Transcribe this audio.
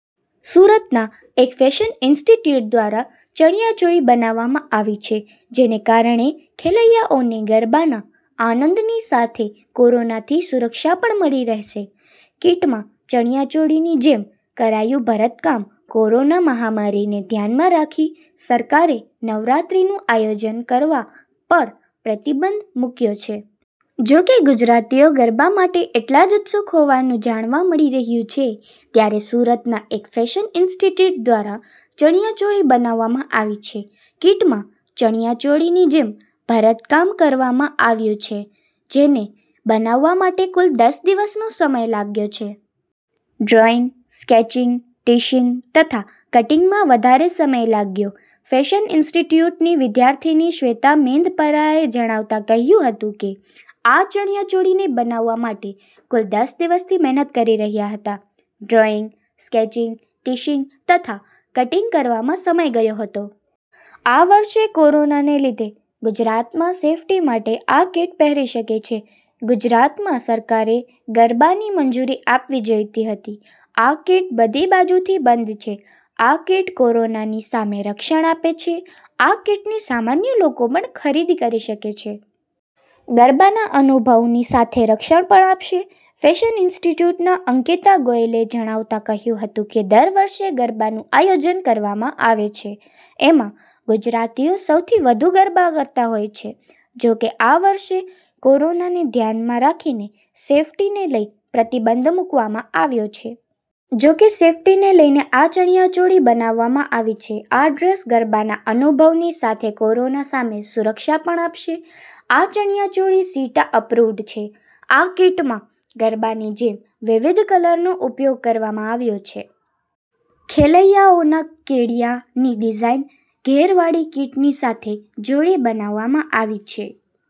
સુરતના એક fashion institute દ્વારા ચણીયા ચોળી બનાવવામાં આવી છે. જેને કારણે ખેલૈયાઓને ગરબાનાં આનંદની સાથે કોરોનાથી સુરક્ષા પણ મળી રહેશે. કીટમાં ચણીયા ચોળીની જેમ કરાયું ભરતકામ: કોરોના મહામારીને ધ્યાનમાં રાખી સરકારે નવરાત્રિનું આયોજન કરવાં પર પ્રતિબંધ મૂકયો છે. જો કે, ગુજરાતીઓ ગરબા માટે એટલા જ ઉત્સુક હોવાનું જાણવા મળી રહ્યું છે ત્યારે સુરતનાં એક ફેશન ઈન્સ્ટિટ્યૂટ દ્વારા ચણીયા ચોળી બનાવવામાં આવી છે. કીટમાં ચણીયા ચોળીની જેમ ભરતકામ કરવામાં આવ્યું છે. જેને બનાવવા માટે કુલ દસ દિવસનો સમય લાગ્યો છે. ડ્રોઈંગ, સ્કેચિંગ, ટિશિંગ તથા કટીંગમાં વધારે સમય લાગ્યો: ફેશન ઈન્સ્ટિટ્યૂટની વિદ્યાર્થિની શ્વેતા મેંદપરાએ જણાવતાં કહ્યું હતું કે, આ ચણીયા ચોળીને બનાવવાં માટે કુલ દસ દિવસથી મહેનત કરી રહ્યા હતા. ડ્રોઈંગ, સ્કેચિંગ, ટિશિંગ તથા કટીંગ કરવામાં સમય ગયો હતો. આ વર્ષે કોરોનાને લીધે ગુજરાતમાં સેફ્ટી માટે આ કીટ પહેરી શકે છે. ગુજરાતમાં સરકારે ગરબાની મંજુરી આપવી જોઈતી હતી. આ કીટ બધી બાજુથી બંધ છે. આ કીટ કોરોનાની સામે રક્ષણ આપે છે. આ કીટની સામાન્ય લોકો પણ ખરીદી કરી શકે છે. ગરબાનાં અનુભવની સાથે રક્ષણ પણ આપશે: ફેશન ઈન્સ્ટિટ્યૂટનાં અંકિતા ગોયલે જણાવતાં કહ્યું હતું કે, દર વર્ષે ગરબાનું આયોજન કરવામાં આવે છે. એમાં ગુજરાતીઓ સૌથી વધુ ગરબા કરતા હોય છે. જો કે, આ વર્ષે કોરોનાને ધ્યાનમાં રાખીને સેફ્ટીને લઈ પ્રતિબંધ મૂકવામાં આવ્યો છે. જો કે, સેફ્ટીને લઈને આ ચણીયા ચોળી બનાવવામાં આવી છે. આ ડ્રેસ ગરબાનાં અનુભવની સાથે કોરોના સામે સુરક્ષા પણ આપશે. આ ચણીયા ચોળી સીટા અપ્રુવ્ડ છે. આ કીટમાં ગરબાની જેમ વિવિધ કલરનો ઉપયોગ કરવામાં આવ્યો છે. ખેલૈયાઓના કેડિયાની ડિઝાઈન, ઘેરવાળી કીટની સાથે જોડી બનાવવામાં આવી છે.